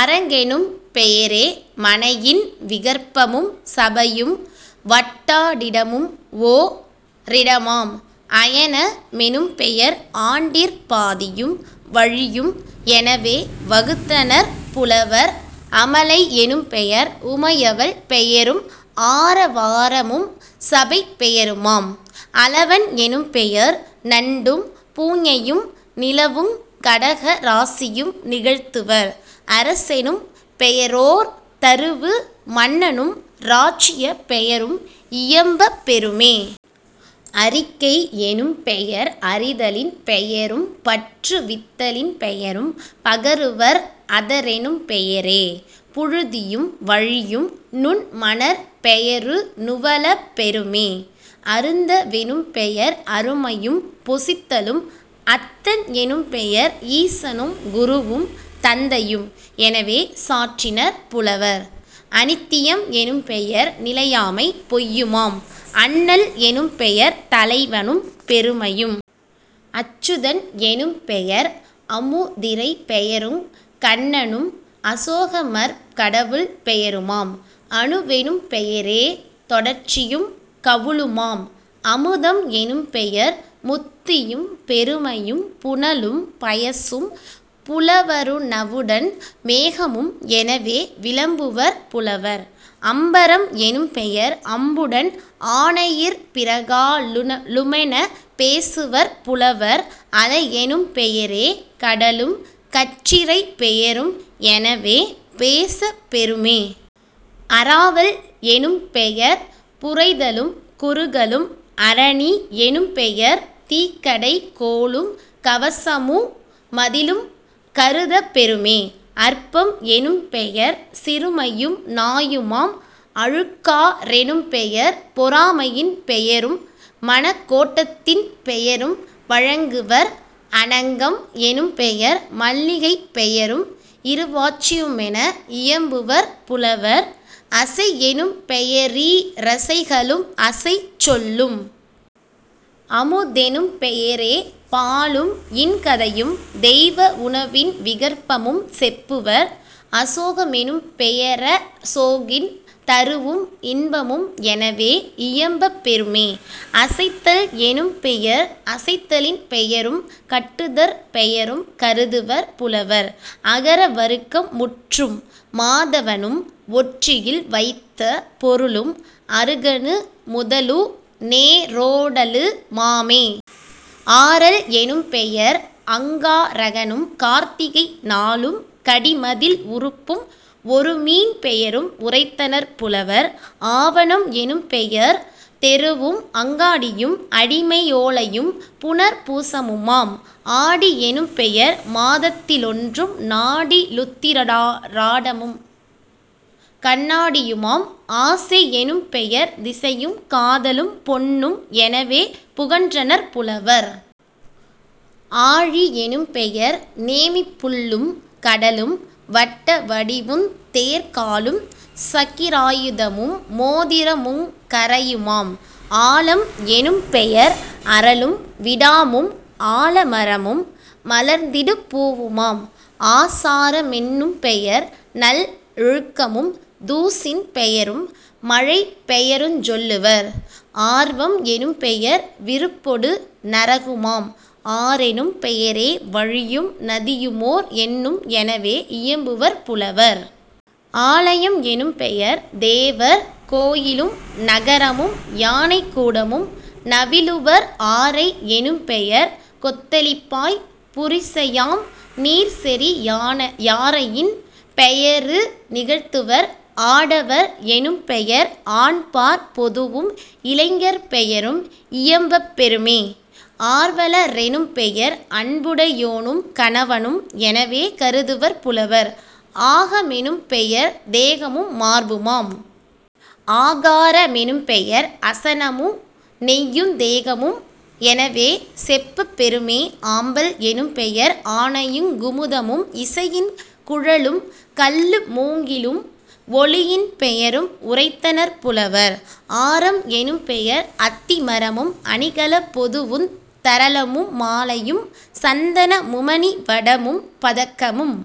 அரங்கெனும் பெயரே மனையின் விகற்பமும் சபையும் வட்டா டிடமும்ஓ ரிடமுமாம்..... அயன மெனும்பெயர் ஆண்டிற் பாதியும் வழியும் எனவே வகுத்தனர் புலவர்..... அமலை யெனும்பெயர் உமையவள் பெயரும் ஆர வார மும்சபைப் பெயருமாம்..... அலவன் எனும்பெயர் நண்டும் பூஞையும் நிலவுங் கடக ராசியும் நிகழ்த்துவர்..... அரசெனும் பெயரோர் தருவு மன்னனும் ராச்சியப் பெயரும் இயம்பப் பெறுமே..... அறிக்கை எனும்பெயர் அறிதலின் பெயரும் பற்று வித்தலின் பெயரும் பகருவர்..... அதரெனும் பெயரே புழுதியும் வழியும் நுண்மணற் பெயரு நுவலப் பெறுமே..... அருந்த வெனும்பெயர் அருமையும் பொசித்தலும்..... அத்தன் எனும்பெயர் ஈசனும் குருவும் தந்தையும் எனவே சாற்றினர் புலவர்..... அனித்தியம் எனும்பெயர் நிலையாமை பொய்யுமாம்..... அண்ணல் எனும்பெயர் தலைவனும் பெருமையும்..... அச்சுதன் எனும்பெயர் அமுதிறை பெயருங் கண்ணனும் அசோகமர் கடவுள் பெயருமாம்..... அனுவெனும் பெயரே தொடர்ச்சியும் கவுளுமாம்..... அமுதம் எனும்பெயர் முத்தியும் பெருமையும் புனலும் பயசும் புலவ ருணவுடன் மேகமும் எனவே விளம்புவர் புலவர்..... அம்பரம் எனும்பெயர் அம்புடன் ஆனையிற் பிறகா லுமெனப் பேசுவர் புலவர்..... அலையெனும் பெயரே கடலும் கற்றிரைப் பெயரும் எனவே பேசப் பெறுமே..... அராவல் எனும்பெயர் புரைதலும் குறுகலும்..... அரணி யெனும்பெயர் தீக்கடை கோலும் கவசமு மதிலும் கருதப் பெறுமே..... அற்பம் எனும்பெயர் சிறுமையும் நாயுமாம்..... அழுக்கா றெனும்பெயர் பொறாமையின் பெயரும் மனக்கோட் டத்தின் பெயரும் வழங்குவர்..... அனங்கம் எனும்பெயர் மல்லிகைப் பெயரும் இருவாட் சியுமென இயம்புவர் புலவர்..... அசையெனும் பெயரீ ரசைகளும் அசைச்சொல்லும்..... அமுதெனும் பெயரே பாலும் இன்கதையும் தெய்வ வுணவின் விகற்பமும் செப்புவர்..... அசோக மெனும்பெய ரசோகின் தருவும் இன்பமும் எனவே இயம்பப் பெறுமே..... அசைத்தல் எனும் பெயர் அசைத்தலின் பெயரும் கட்டுதற் பெயரும் கருதுவர் புலவர்..... அகர வருக்கம் முற்றும். மாதவனும் ஒற்றியில் வைத்த பொருளும் அருகனு முதலு நேரோடலு மாமே..... ஆரல் எனும்பெயர் அங்கா ரகனும் கார்த்திகை நாளும் கடிமதில் உறுப்பும் ஒருமீன் பெயரும் உரைத்தனர் புலவர்..... ஆவணம் எனும்பெயர் தெருவும் அங்காடியும் அடிமை யோலையும் புனர்பூ சமுமாம்..... ஆடி யெனும்பெயர் மாதத்தி லொன்றும் நாடி லுத்திராடமும் கண்ணா டியுமாம்..... ஆசை யெனும்பெயர் திசையும் காதலும் பொன்னும் எனவே புகன்றனர் புலவர்..... ஆழி யெனும்பெயர் நேமிப் புள்ளும் கடலும் வட்ட வடிவுந் தேர்க்காலும் சக்கிரா யுதமு மோதிரமுங் கரையுமாம்..... ஆலம் எனும்பெயர் அறலும் விடாமும் ஆல மரமும் மலர்ந்திடு பூவுமாம்..... ஆசார மென்னும் பெயர்நல் லொழுக்கமும் தூசின் பெயரும் மழைப்பெயருஞ் சொல்லுவர்..... ஆர்வம் எனும்பெயர் விருப்பொடு நரகுமாம்..... ஆறெனும் பெயரே வழியும் நதியுமோர் எண்ணும் எனவே இயம்புவர் புலவர்..... ஆலையம் எனும்பெயர் தேவர் கோயிலும் நகரமும் யானைக் கூடமும் நவிலுவர்..... ஆரை எனும்பெயர் கொத்தளிப்பாய் புரிசையாம் நீர்செறி யாரையின் பெயரு நிகழ்த்துவர்..... ஆடவர் எனும்பெயர் ஆண்பாற் பொதுவும் இளைஞர் பெயரும் இயம்பப் பெறுமே..... ஆர்வல ரெனும்பெயர் அன்புடை யோனும் கணவனும் எனவே கருதுவர் புலவர்..... ஆக மெனும்பெயர் தேகமு மார்புமாம்.....। ஆகார மெனும்பெயர் அசனமு நெய்யுந் தேகமும் எனவே செப்பப் பெறுமே..... ஆம்பல் எனும்பெயர் ஆனையுங் குமுதமும் இசையின் குழலும் கள்ளு மூங்கிலும் ஒலியின் பெயரும் உரைத்தனர் புலவர்..... ஆரம் எனும்பெயர் அத்தி மரமும் அணிகலப் பொதுவுந் தரளமு மாலையும் சந்தன முமணி வடமும் பதக்கமும்.